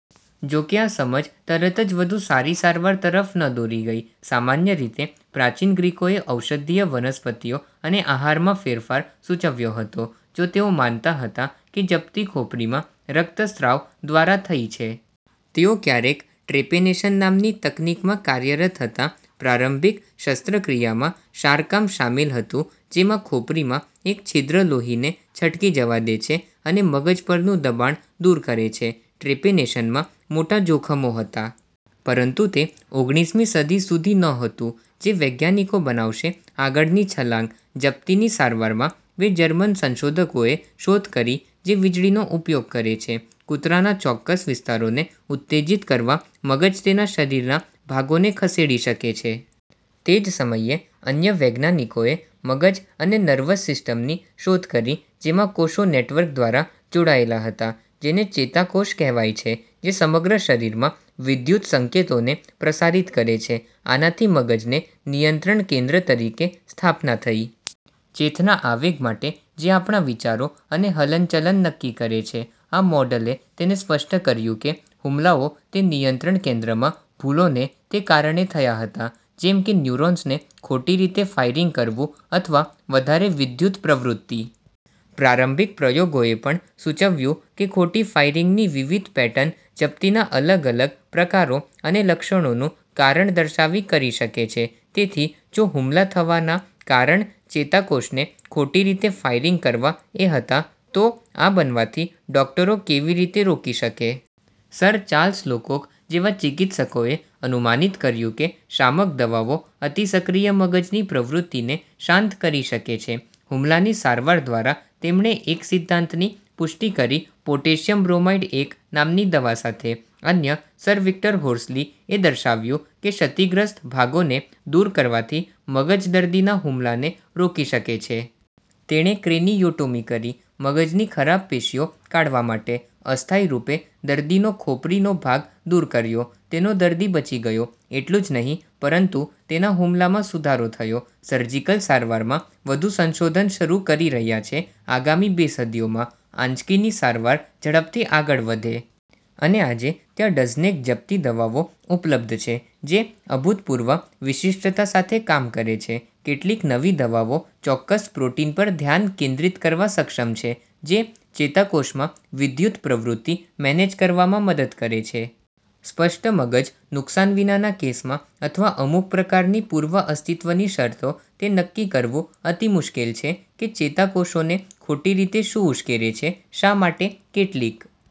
જો કે, આ સમજ તરતજ વધુ સારી સારવાર તરફ ન દોરી ગઈ. સામાન્ય રીતે, પ્રાચીન ગ્રીકોએ ઔષધીય વનસ્પતિઓ અને આહારમાં ફેરફાર, સૂચવ્યો હતો. જો તેઓ માનતા હતા કે જપ્તી ખોપરીમાં રક્તસ્રાવ દ્વારા થઈ છે. તેઓ ક્યારેક ટ્રેપેનેશન નામની તકનીક માં કાર્યરત હતા. પ્રારંભિક શસ્ત્રક્રિયામાં, શારકામ શામેલ હતું, જેમાં ખોપરીમાં એક છિદ્ર લોહીને છટકી જવા દે છે અને મગજ પરનું દબાણ દૂર કરે છે. ટ્રેપેનેશનમાં... મોટા જોખમો હતા. પરંતુ તે ઓગણીસમી સદી સુધી નહોતું, જે વૈજ્ઞાનિકો બનાવશે આગળની છલાંગ. જપ્તીની સારવારમાં, બે જર્મન સંશોધકોએ શોધ કરી જે વીજળીનો ઉપયોગ કરે છે. કૂતરાના ચોક્કસ વિસ્તારોને ઉત્તેજીત કરવા મગજ તેના શરીરના ભાગોને ખસેડી શકે છે. તે જ સમયે, અન્ય વૈજ્ઞાનિકોએ મગજ અને નર્વસ સિસ્ટમની શોધ કરી જેમાં કોષો નેટવર્ક દ્વારા જોડાયેલા હતા, જેને ચેતાકોષ કહેવાય છે, જે સમગ્ર શરીરમાં વિદ્યુત સંકેતોને પ્રસારિત કરે છે. આનાથી મગજને નિયંત્રણ કેન્દ્ર તરીકે સ્થાપના થઈ. ચેતના આવેગ માટે જે આપણા વિચારો અને હલનચલન નક્કી કરે છે. આ મોડેલે તેને સ્પષ્ટ કર્યુંકે હુમલાઓ તે નિયંત્રણ કેન્દ્રમાં, ભૂલોને તે કારણે થયા હતા, જેમ કે ન્યુરોન્સને ખોટી રીતે ફાયરિંગ કરવું અથવા વધારે વિદ્યુત પ્રવૃત્તિ. પ્રારંભિક પ્રયોગોએ પણ સૂચવ્યુ કે ખોટી ફાયરિંગની વિવિધ પેટર્ન જપ્તીના અલગ અલગ પ્રકારો અને લક્ષણોનું કારણ દર્શાવી કરી શકે છે, તેથી જો હુમલા થવાના કારણ ચેતાકોષને ખોટી રીતે ફાયરિંગ કરવા એ હતા, તો આ બનવાથી ડોકટરો કેવી રીતે રોકી શકે? સર ચાર્લ્સ લોકોક જેવા ચિકિત્સકોએ અનુમાનિત કર્યુંકે શામક દવાઓ અતિ સક્રિય મગજની પ્રવૃત્તિને શાંત કરી શકે છે, હુમલાની સારવાર દ્વારા તેમણે એક સિદ્ધાંત ની પુષ્ટિ કરી પોટેશિયમ બ્રોમાઇડ। નામની દવા સાથે. અન્ય, સર વિક્ટર હોર્સલી એ દર્શાવ્યું કે ક્ષતિગ્રસ્ત ભાગોને દૂર કરવાથી મગજ દર્દીના હુમલાને રોકી શકે છે. તેણે ક્રેનિયોટોમી કરી, મગજની ખરાબ પેશીઓ કાઢવા માટે, અસ્થાયી રૂપે દર્દીનો ખોપરી નો ભાગ દૂર કર્યો. તેનો દર્દી બચી ગયો, એટલું જ નહીં પરંતુ તેના હુમલામાં સુધારો થયો, સર્જિકલ સારવારમાં, વધુ સંશોધન શરૂ કરી રહ્યા છે આગામી બે સદીઓમાં, આંચકી ની સારવાર ઝડપથી આગળ વધે. અને આજે, ત્યાં ડઝનેક જપ્તી દવાઓ ઉપલબ્ધ છે જે અભૂતપૂર્વ વિશિષ્ટતા સાથે કામ કરે છે. કેટલીક નવી દવાઓ ચોક્કસ પ્રોટીન પર ધ્યાન કેન્દ્રિત કરવા સક્ષમ છે, જે ચેતાકોષમાં વિદ્યુત પ્રવૃત્તિ મેનેજ કરવામાં મદદ કરે છે. સ્પષ્ટ મગજ નુકસાન વિનાના કેસમાં અથવા અમુક પ્રકારની પૂર્વ-અસ્તિત્વની શરતો, તે નક્કી કરવું અતિ મુશ્કેલ છે કે ચેતાકોષોને ખોટી રીતે શું ઉશ્કેરે છે. શા માટે કેટલીક